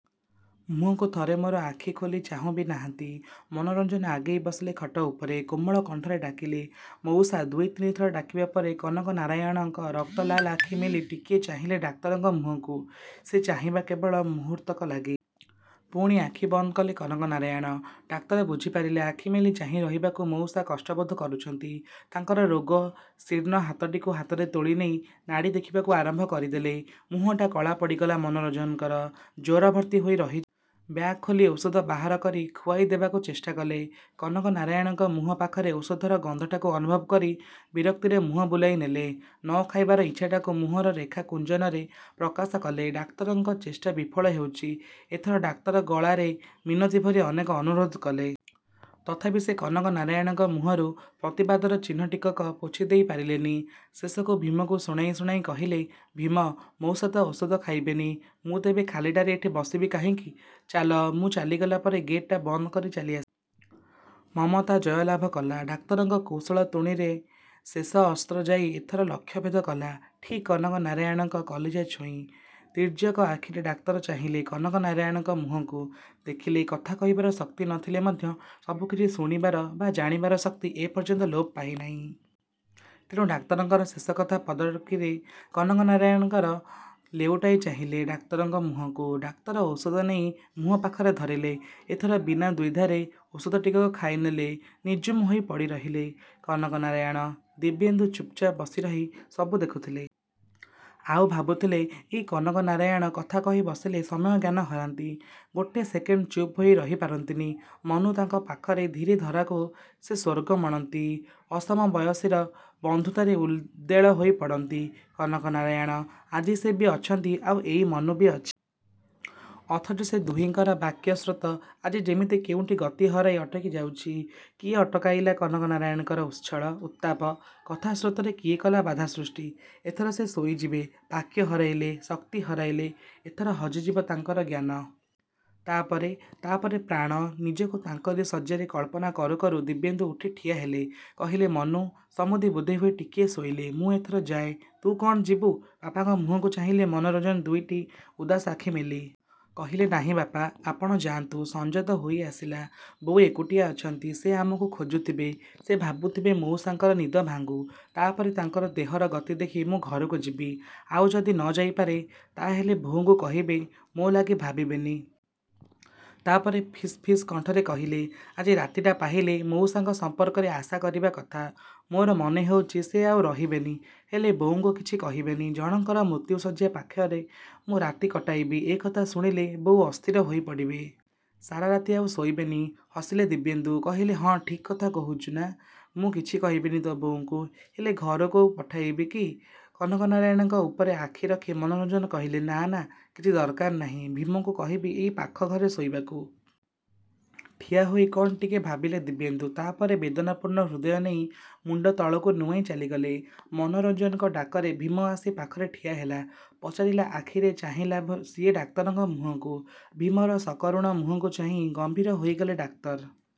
ମୁହଁକୁ ଥରେ ମୋର ଆଖି ଖୋଲି ଚାହୁଁ ବି ନାହାନ୍ତି। ମନୋରଞ୍ଜନ ଆଗେଇ ବସିଲେ ଖଟ ଉପରେ। କୋମଳ କଣ୍ଠରେ ଡାକିଲେ, ମଉସା! ଦୁଇ ତିନିଥର ଡାକିବା ପରେ କନକନାରାୟଣ ରକ୍ତଲାଲ ଆଖି ମେଲି ଟିକିଏ ଚାହିଁଲେ ଡାକ୍ତରଙ୍କ ମୁହଁକୁ। ସେ ଚାହିଁବା କେବଳ ମୁହୂର୍ତ୍ତକ ଲାଗି। ପୁଣି ଆଖି ବନ୍ଦ କଲେ କନକନାରାୟଣ। ଡାକ୍ତର ବୁଝି ପାରିଲେ, ଆଖି ମେଲି ଚାହିଁ ରହିବାକୁ ମଉସା କଷ୍ଟବୋଧ କରୁଛନ୍ତି। ତାଙ୍କର ରୋଗ-ଶୀର୍ଣ୍ଣ ହାତଟିକୁ ହାତରେ ତୋଳି ନେଇ ନାଡ଼ି ଦେଖିବାକୁ ଆରମ୍ଭ କରିଦେଲେ। ମୁହଁଟା କଳା ପଡ଼ିଗଲା ମନୋରଞ୍ଜନଙ୍କର। ଜ୍ୱର ଭର୍ତ୍ତି ହୋଇ ରହିଛି ଦେହରେ। ବ୍ୟାଗ୍ ଖୋଲି ଔଷଧ ବାହାର କରି ଖୁଆଇ ଦେବାକୁ ଚେଷ୍ଟା କଲେ। କନକନାରାୟଣ ମୁହଁ ପାଖରେ ଔଷଧର ଗନ୍ଧଟାକୁ ଅନୁଭବ କରି ବିରକ୍ତିରେ ମୁହଁ ବୁଲାଇ ନେଲେ। ନ ଖାଇବାର ଇଚ୍ଛାଟାକୁ ମୁହଁର ରେଖା କୁଞ୍ଚନରେ ପ୍ରକାଶ କଲେ। ଡାକ୍ତରଙ୍କ ଚେଷ୍ଟା ବିଫଳ ହେଉଛି। ଏଥର ଡାକ୍ତର ଗଳାରେ ମିନତି ଭରି ଅନେକ ଅନୁରୋଧ କଲେ। ତଥାପି ସେ କନକନାରାୟଣଙ୍କ ମୁହଁରୁ ପ୍ରତିବାଦର ଚିହ୍ନଟିକକ ପୋଛି ଦେଇ ପାରିଲେନି। ଶେଷକୁ, ଭୀମକୁ ଶୁଣାଇ ଶୁଣାଇ କହିଲେ, ଭୀମ! ମଉସା ତ ଔଷଧ ଖାଇବେନି। ମୁଁ ତେବେ ଖାଲିଟାରେ ଏଠି ବସିବି କାହିଁକି? ଚାଲ, ମୁଁ ଚାଲିଗଲା ପରେ ଗେଟ୍‌ଟା ବନ୍ଦ କରି ଚାଲି ଆସିବ। ମମତା ଜୟଲାଭ କଲା। ଡାକ୍ତରଙ୍କ କୌଶଳ ତୁଣୀରର ଶେଷ ଅସ୍ତ୍ର ଯାଇ ଏଥର ଲକ୍ଷ୍ୟଭେଦ କଲା, ଠିକ୍ କନକନାରାୟଣଙ୍କ କଲିଜା ଛୁଇଁ। ତୀର୍ଯ୍ୟକ ଆଖିରେ ଡାକ୍ତର ଚାହିଁଲେ କନକନାରାୟଣଙ୍କ ମୁହଁକୁ। ଦେଖିଲେ, କଥା କହିବାର ଶକ୍ତି ନ ଥିଲେ ମଧ୍ୟ ସବୁ କିଛି ଶୁଣିବାର ବା ଜାଣିବାର ଶକ୍ତି ଏ ପର୍ଯ୍ୟନ୍ତ ଲୋପ ପାଇନାହିଁ। ତେଣୁ ଡାକ୍ତରଙ୍କର ଶେଷକଥା ପଦିକରେ କନକନାରାୟଣ କର ଲେଉଟାଇ ଚାହିଁଲେ ଡାକ୍ତରଙ୍କ ମୁହଁକୁ। ଡାକ୍ତର ଔଷଧ ନେଇ ମୁହଁ ପାଖରେ ଧରିଲେ। ଏଥର ବିନା ଦ୍ୱିଧାରେ ଔଷଧ ଟିକକ ଖାଇନେଇ ନିଝୁମ ହୋଇ ପଡ଼ି ରହିଲେ କନକନାରାୟଣ। ଦିବ୍ୟେନ୍ଦୁ ଚୁପ୍‌ଚାପ୍ ବସି ରହି ସବୁ ଦେଖୁଥିଲେ। ଆଉ ଭାବୁଥିଲେ ଏଇ କନକନାରାୟଣ କଥା କହି ବସିଲେ ସମୟ ଜ୍ଞାନ ହରାନ୍ତି। ଗୋଟେ ସେକେଣ୍ଡ ଚୁପ୍ ହୋଇ ରହି ପାରନ୍ତିନି। ମନୁ ତାଙ୍କ ପାଖରେ ଥିଲେ ଧରାକୁ ସେ ସ୍ୱର୍ଗ ମଣନ୍ତି। ଅସମବୟସୀର ବନ୍ଧୁତାରେ ଉଦ୍ଦେଳ ହୋଇ ପଡ଼ନ୍ତି କନକନାରାୟଣ। ଆଜି ସେ ବି ଅଛନ୍ତି ଆଉ ଏଇ ମନୁ ବି ଅଛି। ଅଥଚ ସେ ଦୁହିଁଙ୍କର ବାକ୍ୟ ସ୍ରୋତ ଆଜି ଯେମିତି କେଉଁଠି ଗତି ହରାଇ ଅଟକି ଯାଉଛି। କିଏ ଅଟକାଇଲା? କନକନାରାୟଣଙ୍କର ଉଚ୍ଛଳ, ଉତ୍ତାଳ କଥା-ସ୍ରୋତରେ କିଏ କଲା ବାଧା ସୃଷ୍ଟି? ଏଥର ସେ ଶୋଇଯିବେ। ବାକ୍ୟ ହରାଇଲେ, ଶକ୍ତି ହରାଇଲେ, ଏଥର ହଜିଯିବ ତାଙ୍କର ଜ୍ଞାନ। ତା' ପରେ, ତା' ପରେ ପ୍ରାଣ। ନିଜକୁ ତାଙ୍କରି ଶଯ୍ୟାରେ କଳ୍ପନା କରୁ କରୁ ଦିବ୍ୟେନ୍ଦୁ ଉଠି ଠିଆ ହେଲେ। କହିଲେ ମନୁ, ସମୁଦି ବୋଧହୁଏ ଟିକିଏ ଶୋଇଲେ। ମୁଁ ଏଥର ଯାଏ? ତୁ କ'ଣ ଯିବୁ? ବାପାଙ୍କ ମୁହଁକୁ ଚାହିଁଲେ ମନୋରଞ୍ଜନ ଦୁଇଟି ଉଦାସ ଆଖି ମେଲି। କହିଲେ ନାହିଁ ବାପା, ଆପଣ ଯାଆନ୍ତୁ। ସଞ୍ଜ ତ ହୋଇ ଆସିଲା। ବୋଉ ଏକୁଟିଆ ଅଛନ୍ତି। ସେ ଆମକୁ ଖୋଜୁଥିବେ, ସେ ଭାବୁଥିବେ। ମଉସାଙ୍କର ନିଦ ଭାଙ୍ଗୁ। ତା' ପରେ, ତାଙ୍କର ଦେହର ଗତି ଦେଖି ମୁଁ ଘରକୁ ଯିବି। ଆଉ ଯଦି ନ ଯାଇପାରେ, ତାହାହେଲେ ବୋଉଙ୍କୁ କହିବେ, ମୋ ଲାଗି ଭାବିବେନି। ତା' ପରେ ଫିସ୍ ଫିସ୍ କଣ୍ଠରେ କହିଲେ, ଆଜି ରାତିଟା ପାହିଲେ ମଉସାଙ୍କ ସମ୍ପର୍କରେ ଆଶା କରିବା କଥା। ମୋର ମନେ ହେଉଛି ସେ ଆଉ ରହିବେନି। ହେଲେ, ବୋଉଙ୍କୁ କିଛି କହିବେନି। ଜଣଙ୍କର ମୃତ୍ୟୁଶଯ୍ୟା ପାଖରେ ମୁଁ ରାତି କଟାଇବି ଏ କଥା ଶୁଣିଲେ ବୋଉ ଅସ୍ଥିର ହୋଇ ପଡ଼ିବେ। ସାରା ରାତି ଆଉ ଶୋଇବେନି। ହସିଲେ ଦିବ୍ୟେନ୍ଦୁ। କହିଲେ, ହଁ ଠିକ୍ କଥା କହୁଚୁ। ନା, ମୁଁ କିଛି କହିବିନି ତୋ ବୋଉଙ୍କୁ। ହେଲେ ରଘୁକୁ ପଠାଇବି କି? କନକନାରାୟଣଙ୍କ ଉପରେ ଆଖି ରଖି ମନୋରଞ୍ଜନ କହିଲେ ନାଁ, ନାଁ, କିଛି ଦରକାର ନାହିଁ। ଭୀମକୁ କହିବି ଏଇ ପାଖ ଘରେ ଶୋଇବାକୁ। ଠିଆ ହୋଇ କ'ଣ ଟିକେ ଭାବିଲେ ଦିବ୍ୟେନ୍ଦୁ। ତା' ପରେ, ବେଦନାପୂର୍ଣ୍ଣ ହୃଦୟ ନେଇ ମୁଣ୍ଡ ତଳକୁ ନୁଆଁଇ ଚାଲିଗଲେ। ମନୋରଞ୍ଜନଙ୍କ ଡାକରେ ଭୀମ ଆସି ପାଖରେ ଠିଆ ହେଲା। ପଚାରିଲା ଆଖିରେ ଚାହିଁଲା ସିଏ ଡାକ୍ତରଙ୍କ ମୁହଁକୁ। ଭୀମର ସକରୁଣ ମୁହଁକୁ ଚାହିଁ ଗମ୍ଭୀର ହୋଇଗଲେ ଡାକ୍ତର।